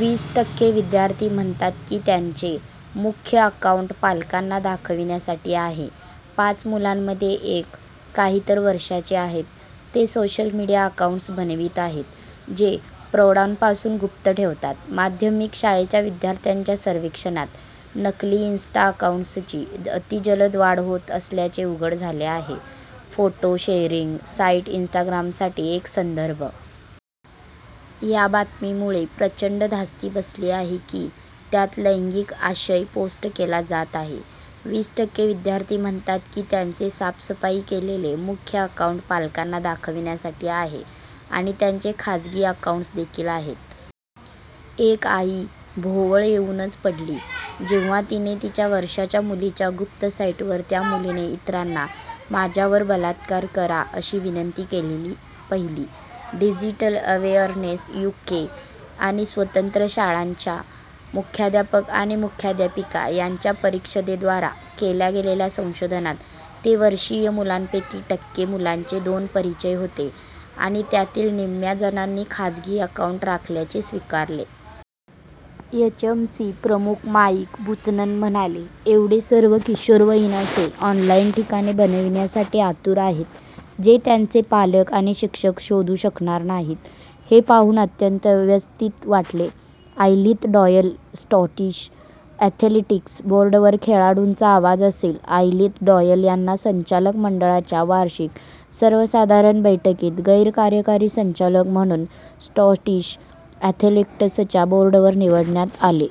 वीस टक्के विद्यार्थी म्हणतात की त्यांचे "मुख्य" अकाऊंट पालकांना दाखविण्यासाठी आहे. पाच मुलांमध्ये एक – काही तर वर्षांचे आहेत – ते सोशल मिडिया अकाऊंट्स बनवित आहेत, जे प्रौढांपासून गुप्त ठेवतात. माध्यमिक शाळेच्या विद्यार्थ्यांच्या सर्वेक्षणात "नकली इन्स्टा" अकाऊंट्सची, अतिजलद वाढ होत असल्याचे उघड झाले आहे – फोटो-शेअरिंग साईट इन्स्टाग्रामसाठी एक संदर्भ. या बातमीमुळे प्रचंड धास्ती बसली आहे की त्यात लैंगिक आशय पोस्ट केला जात आहे. वीस टक्के विद्यार्थी म्हणतात की त्यांचे साफसफाई केलेले "मुख्य" अकाऊंट पालकांना दाखविण्यासाठी आहे, आणि त्यांचे खासगी अकाऊंट्स देखील आहेत. एक आई भोवळ येऊनच पडली जेव्हा तिने तिच्या वर्षांच्या मुलीच्या गुप्त साईटवर त्या मुलीने इतरांना "माझ्यावर बलात्कार करा" अशी विनंती केलेले पहिले. डिजिटल अवेअरनेस यूके आणि स्वतंत्र शाळांच्या मुख्याध्यापक आणि मुख्याध्यापिका यांच्या परिषदेद्वारा केल्या गेलेल्या संशोधनात ते वर्षीय मुलांपैकी टक्के मुलांचे दोन परिचय होते, आणि त्यातील निम्म्या जणांनी खासगी अकाऊंट राखल्याचे स्वीकारले. एचएमसी प्रमुख माईक बुचनन म्हणाले: "एवढे सर्व किशोरवयीन असे ऑनलाईन ठिकाणे बनविण्यासाठी आतुर आहेत, जे त्यांचे पालक आणि शिक्षक शोधू शकणार नाहीत हे पाहून अत्यंत व्यथित वाटते. " आयलिध डॉयल स्कॉटिश अॅथेलेटिक्स बोर्डवर "खेळाडूंचा आवाज" असेल आयलिध डॉयल यांना संचालक मंडळाच्या वार्षिक सर्वसाधारण बैठकीत गैर-कार्यकारी संचालक म्हणून स्कॉटिश अॅथेलेटिक्सच्या बोर्डवर निवडण्यात आले.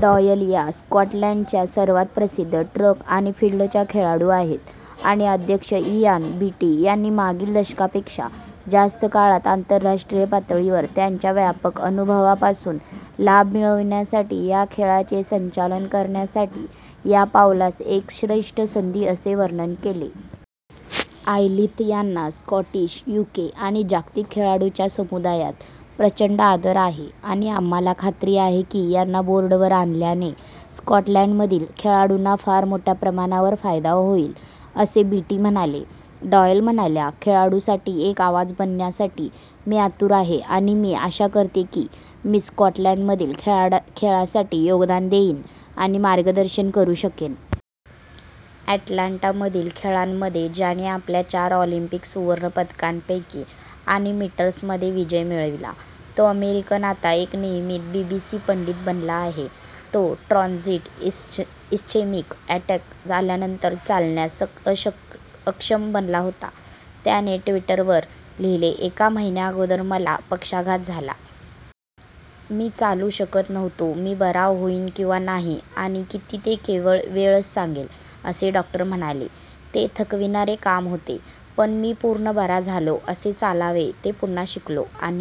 डॉयल या स्कॉटलंडच्या सर्वात प्रसिद्ध ट्रॅक आणि फिल्डच्या खेळाडू आहेत आणि अध्यक्ष इयान बीटी यांनी मागील दशकापेक्षा जास्त काळात आंतरराष्ट्रीय पातळीवर त्यांच्या व्यापक अनुभवापासून लाभ मिळविण्यासाठी या खेळाचे संचालन करणाऱ्यांसाठी या पावलास एक श्रेष्ठ संधी असे वर्णन केले. आयलिध यांना स्कॉटिश, यूके आणि जागतिक खेळाडूंच्या समुदायात प्रचंड आदर आहे आणि आम्हाला खात्री आहे की यांना बोर्डवर आणल्याने स्कॉटलंडमधील खेळाडूंना फार मोठ्या प्रमाणावर फायदा होईल," असे बीटी म्हणाले. डॉयल म्हणाल्या: "खेळाडूंसाठी एक आवाज बनण्यासाठी मी आतुर आहे आणि मी आशा करते की मी स्कॉटलंडमधील खेळासाठी योगदान देईन आणि मार्गदर्शन करू शकेन. " अॅटलांटामधील खेळांमध्ये ज्याने आपल्या चार ऑलिम्पिक सुवर्ण पदकांपैकी आणि मीटर्स मध्ये विजय मिळविला, तो अमेरिकन आता एक नियमित बीबीसी पंडित बनला आहे, तो ट्रान्झिट इस्चेमिक अटॅक आल्यानंतर चालण्यास अक्षम बनला होता. त्याने ट्विटरवर लिहिले: "एका महिन्याअगोदर मला पक्षाघात झाला. मी चालू शकत नव्हतो. मी बरा होईन किंवा नाही आणि किती ते केवळ वेळच सांगेल असे डॉक्टर म्हणाले. ते थकविणारे काम होते, पण मी पूर्ण बरा झालो, कसे चालावे ते पुन्हा शिकलो आणि